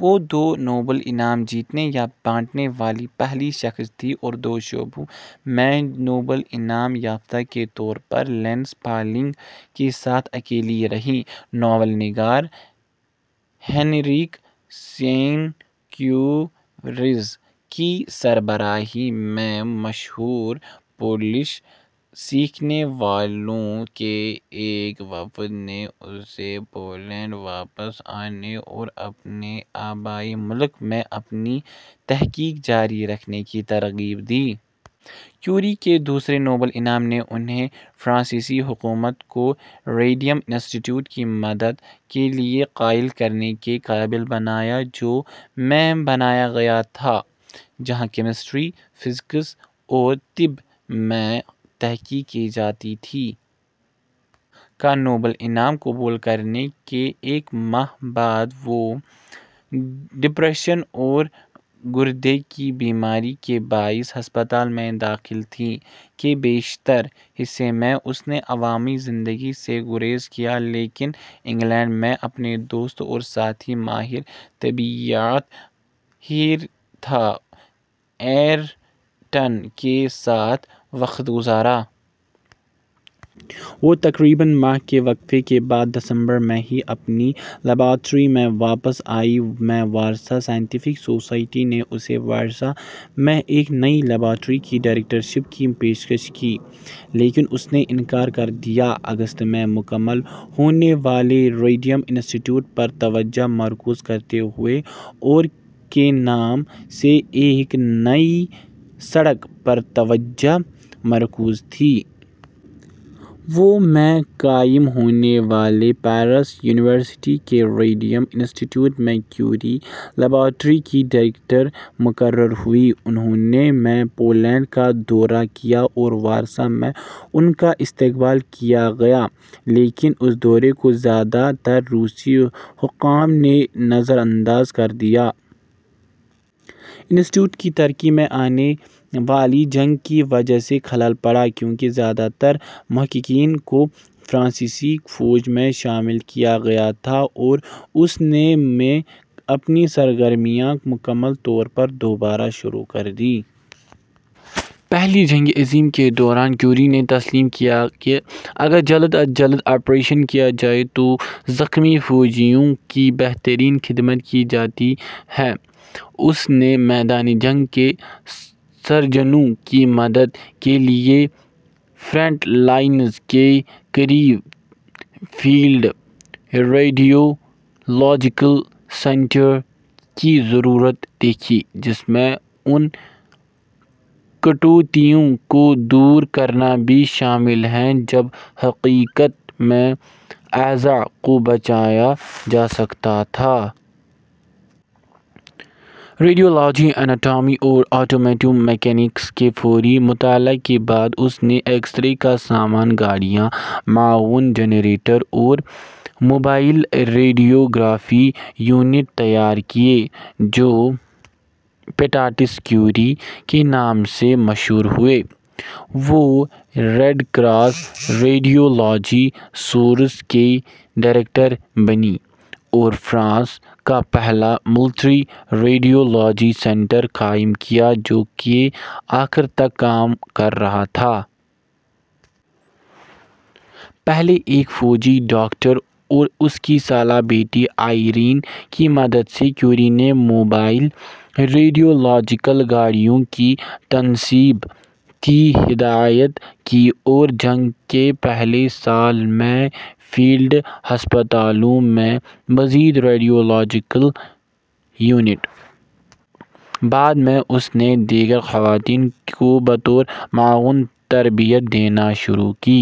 وہ دو نوبل انعام جیتنے یا بانٹنے والی پہلی شخص تھیں اور دو شعبوں میں نوبل انعام یافتہ کے طور پر لینس پالنگ کے ساتھ اکیلی رہیں۔ ناول نگار ہینریک سینکیوِکز کی سربراہی میں مشہور پولش سیکھنے والوں کے ایک وفد نے اسے پولینڈ واپس آنے اور اپنے آبائی ملک میں اپنی تحقیق جاری رکھنے کی ترغیب دی۔ کیوری کے دوسرے نوبل انعام نے انھیں فرانسیسی حکومت کو ریڈیم انسٹی ٹیوٹ کی مدد کے لیے قائل کرنے کے قابل بنایا، جو میں بنایا گیا تھا، جہاں کیمسٹری، فزکس اور طب میں تحقیق کی جاتی تھی۔ کا نوبل انعام قبول کرنے کے ایک ماہ بعد، وہ ڈپریشن اور گردے کی بیماری کے باعث ہسپتال میں داخل تھیں۔ کے بیشتر حصے میں، اس نے عوامی زندگی سے گریز کیا لیکن انگلینڈ میں اپنے دوست اور ساتھی ماہر طبیعیات، ہیرتھا ایرٹن کے ساتھ وقت گزارا۔ وہ تقریباً ماہ کے وقفے کے بعد دسمبر میں ہی اپنی لیبارٹری میں واپس آئی۔ میں وارسا سائنٹیفک سوسائٹی نے اسے وارسا میں ایک نئی لیبارٹری کی ڈائریکٹر شپ کی پیشکش کی لیکن اس نے انکار کر دیا، اگست میں مکمل ہونے والے ریڈیم انسٹی ٹیوٹ پر توجہ مرکوز کرتے ہوئے اور کے نام سے ایک نئی سڑک پر توجہ مرکوز کی۔ وہ میں قائم ہونے والے پیرس یونیورسٹی کے ریڈیم انسٹی ٹیوٹ میں کیوری لیبارٹری کی ڈائریکٹر مقرر ہوئیں۔ انھوں نے میں پولینڈ کا دورہ کیا اور وارسا میں ان کا استقبال کیا گیا لیکن اس دورے کو زیادہ تر روسی حکام نے نظر انداز کر دیا۔ انسٹی ٹیوٹ کی ترقی میں آنے والی جنگ کی وجہ سے خلل پڑا، کیونکہ زیادہ تر محققین کو فرانسیسی فوج میں شامل کیا گیا تھا اور اس نے میں اپنی سرگرمیاں مکمل طور پر دوبارہ شروع کر دیں۔ پہلی جنگ عظیم کے دوران، کیوری نے تسلیم کیا کہ اگر جلد از جلد آپریشن کیا جائے تو زخمی فوجیوں کی بہترین خدمت کی جاتی ہے۔ اس نے میدان جنگ کے سرجنوں کی مدد کے لیے فرنٹ لائنز کے قریب فیلڈ ریڈیولاجیکل سینٹرز کی ضرورت دیکھی، جس میں ان کٹوتیوں کو دور کرنا بھی شامل ہے جب حقیقت میں اعضاء کو بچایا جا سکتا تھا۔ ریڈیولوجی، اناٹومی اور آٹوموٹیو میکینکس کے فوری مطالعہ کے بعد اس نے ایکسرے کا سامان، گاڑیاں، معاون جنریٹر اور موبائل ریڈیوگرافی یونٹ تیار کیے، جو پیٹائٹس کیوری کے نام سے مشہور ہوئے۔ وہ ریڈ کراس ریڈیولاجی سروس کی ڈائریکٹر بنیں اور فرانس کا پہلا ملٹری ریڈیولاجی سنٹر قائم کیا، جو کے آخر تک کام کر رہا تھا۔ پہلے ایک فوجی ڈاکٹر اور اس کی سالہ بیٹی آئرین کی مدد سے، کیوری نے موبائل ریڈیولاجیکل گاڑیوں کی تنصیب کی ہدایت کی۔ اور جنگ کے پہلے سال میں فیلڈ ہسپتالوں میں مزید ریڈیولاجیکل یونٹ۔ بعد میں، اس نے دیگر خواتین کو بطور معاون تربیت دینا شروع کی۔